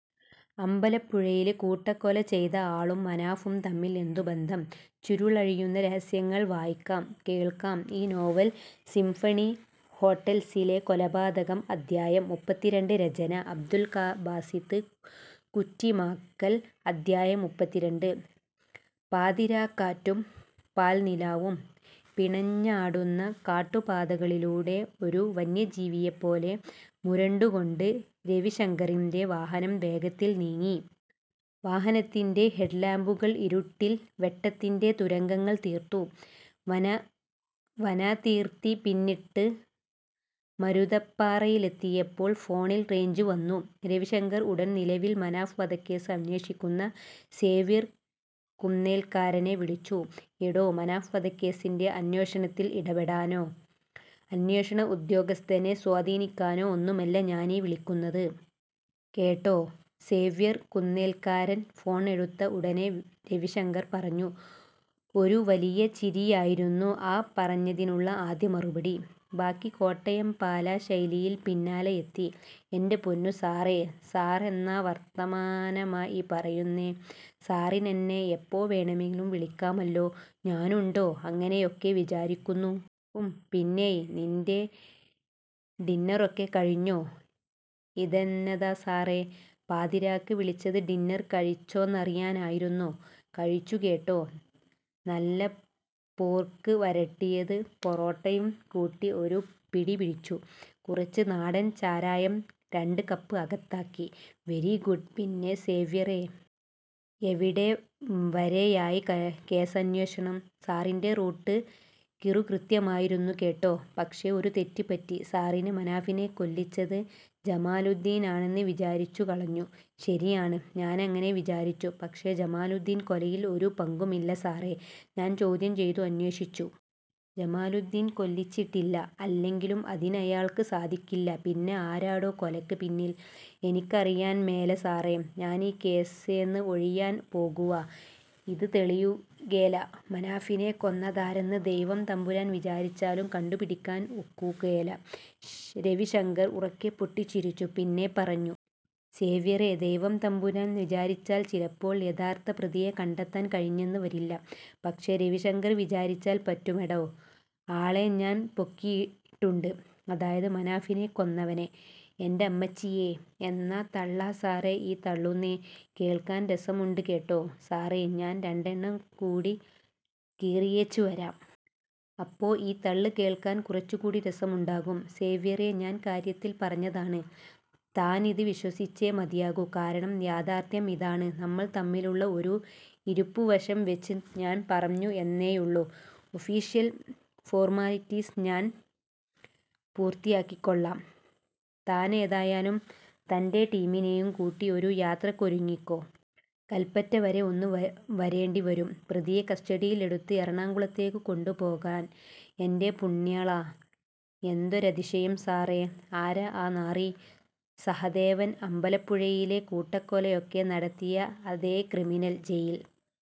'അമ്പലപ്പുഴയില് കൂട്ടക്കൊല ചെയ്ത ആളും മനാഫും തമ്മിൽ എന്തു ബന്ധം?; ചുരുളഴിയുന്ന രഹസ്യങ്ങൾ' വായിക്കാം, കേൾക്കാം ഇ-നോവൽ സിംഫണി ഹോട്ടൽസിലെ കൊലപാതകം അധ്യായം: മുപ്പത്തിരണ്ട് രചന – അബ്ദുൽ ബാസിത്ത് കുറ്റിമാക്കൽ അധ്യായം: മുപ്പത്തിരണ്ട് പാതിരാക്കാറ്റും പാൽനിലാവും പിണഞ്ഞാടുന്ന കാട്ടുപാതകളിലൂടെ ഒരു വന്യജീവിയെപ്പോലെ മുരണ്ടുകൊണ്ട് രവിശങ്കറിന്റെ വാഹനം വേഗത്തിൽ നീങ്ങി. വാഹനത്തിന്റെ ഹെഡ് ലാമ്പുകൾ ഇരുട്ടിൽ വെട്ടത്തിന്റെ തുരങ്കങ്ങൾ തീർത്തു. വനാതിർത്തി പിന്നിട്ട് മരുതപ്പാറയിലെത്തിയപ്പോൾ ഫോണിൽ റേഞ്ച് വന്നു. രവിശങ്കർ ഉടൻ നിലവിൽ മനാഫ് വധക്കേസ് അന്വേഷിക്കുന്ന സേവ്യർ കുന്നേൽക്കാരനെ വിളിച്ചു. "എടോ, മനാഫ് വധക്കേസിന്റെ അന്വേഷണത്തിൽ ഇടപെടാനോ, അന്വേഷണ ഉദ്യോഗസ്ഥനെ സ്വാധീനിക്കാനോ ഒന്നുമല്ല ഞാനീ വിളിക്കുന്നത്. കേട്ടോ... " സേവ്യർ കുന്നേൽക്കാരൻ ഫോൺ എടുത്ത ഉടനെ രവിശങ്കർ പറഞ്ഞു. ഒരു വലിയ ചിരിയായിരുന്നു ആ പറഞ്ഞതിനുള്ള ആദ്യ മറുപടി. ബാക്കി കോട്ടയം പാലാ ശൈലിയിൽ പിന്നാലെയെത്തി: "എന്റെ പൊന്നു സാറേ... സാറെന്നാ വർത്താനമാ ഈ പറയുന്നേ... സാറിനെന്നെ എപ്പോ വേണമെങ്കിലും വിളിക്കാമല്ലോ... ഞാനുണ്ടോ അങ്ങനെയൊക്കെ വിചാരിക്കുന്നു... " "ഉം... പിന്നേയ് നിന്റെ ഡിന്നറൊക്കെ കഴിഞ്ഞോ...? " "ഇതെന്നതാ സാറേ, പാതിരായ്ക്ക് വിളിച്ചത് ഡിന്നർ കഴിച്ചോന്നറിയാനായിരുന്നോ... കഴിച്ചു കേട്ടോ... നല്ല പോർക്ക് വരട്ടിയത് പൊറോട്ടയും കൂട്ടി ഒരു പിടിപിടിച്ചു. " "കുറച്ച്... നാടൻ ചാരായം രണ്ട് കപ്പ് അകത്താക്കി. " "വെരി ഗുഡ്... പിന്നെ സേവ്യറെ... എവിടെ വരെയായി കേസന്വേഷണം? " "സാറിന്റെ റൂട്ട് കിറുകൃത്യമായിരുന്നു കേട്ടോ. പക്ഷേ ഒരു തെറ്റ് പറ്റി സാറിന്. മനാഫിനെ കൊല്ലിച്ചത് ജമാലുദ്ധീനാണെന്ന് വിചാരിച്ചു കളഞ്ഞു. " "ശരിയാണ്. ഞാനങ്ങനെ വിചാരിച്ചു. " "പക്ഷേ ജമാലുദ്ധീന് കൊലയിൽ ഒരു പങ്കുമില്ല സാറേ... ഞാൻ ചോദ്യം ചെയ്തു. അന്വേഷിച്ചു. ജമാലുദ്ധീൻ കൊല്ലിച്ചിട്ടില്ല. അല്ലെങ്കിൽ അതിനയാൾക്ക് സാധിച്ചില്ല. " "പിന്നെ ആരാടോ കൊലക്ക് പിന്നിൽ...? " "എനിക്കറിയാൻ മേല സാറേ... ഞാനീ കേസേന്ന് ഒഴിയാൻ പോകുവാ... ഇത് തെളിയുകേല... മനാഫിനെ കൊന്നതാരെന്ന് ദൈവം തമ്പുരാൻ വിചാരിച്ചാലും കണ്ടു പിടിക്കാൻ ഒക്കുകേല. " രവിശങ്കർ ഉറക്കെ പൊട്ടിച്ചിരിച്ചു. പിന്നെ പറഞ്ഞു. "സേവ്യറെ... ദൈവം തമ്പുരാൻ വിചാരിച്ചാൽ ചിലപ്പോൾ യഥാർത്ഥ പ്രതിയെ കണ്ടെത്താൻ കഴിഞ്ഞെന്ന് വരില്ല. പക്ഷേ രവിശങ്കർ വിചാരിച്ചാൽ പറ്റുമെടോ... ആളെ ഞാൻ പൊക്കിയിട്ടുണ്ട്. അതായത് മനാഫിനെ കൊന്നവനെ...! " "എന്റമ്മച്ചിയേ... എന്നാ തള്ളാ സാറേ ഈ തള്ളുന്നെ..! കേൾക്കാൻ രസമുണ്ട് കേട്ടോ... സാറേ, ഞാൻ രണ്ടെണ്ണം കൂടി കീറിയേച്ച് വരാം. അപ്പൊ ഈ തള്ള് കേൾക്കാൻ കുറച്ചു കൂടി രസമുണ്ടാകും. " "സേവ്യറെ... ഞാൻ കാര്യത്തിൽ പറഞ്ഞതാണ്. താനിത് വിശ്വസിച്ചേ മതിയാകൂ. കാരണം യാഥാർഥ്യം ഇതാണ്. നമ്മൾ തമ്മിലുള്ള ഒരു ഇരിപ്പുവശം വെച്ച് ഞാൻ പറഞ്ഞു എന്നേയുള്ളൂ. ഒഫീഷ്യൽ ഫോർമാലിറ്റിസ് ഞാൻ പൂർത്തിയാക്കിക്കൊള്ളാം. താനേതായാലും തന്റെ ടീമിനെയും കൂട്ടി ഒരു യാത്രക്കൊരുങ്ങിക്കോ. കല്പറ്റ വരെ ഒന്ന് വരേണ്ടി വരും. പ്രതിയെ കസ്റ്റഡിയിൽ എടുത്ത് എറണാകുളത്തേക്ക് കൊണ്ടു പോകാൻ. " "എന്റെ പുണ്യാളാ... എന്തൊരതിശയം...! സാറേ, ആരാ ആ നാറി...? " "സഹദേവൻ... അമ്പലപ്പുഴയിലെ കൂട്ടക്കൊലയൊക്കെ നടത്തിയ അതേ ക്രിമിനൽ. ജയിൽ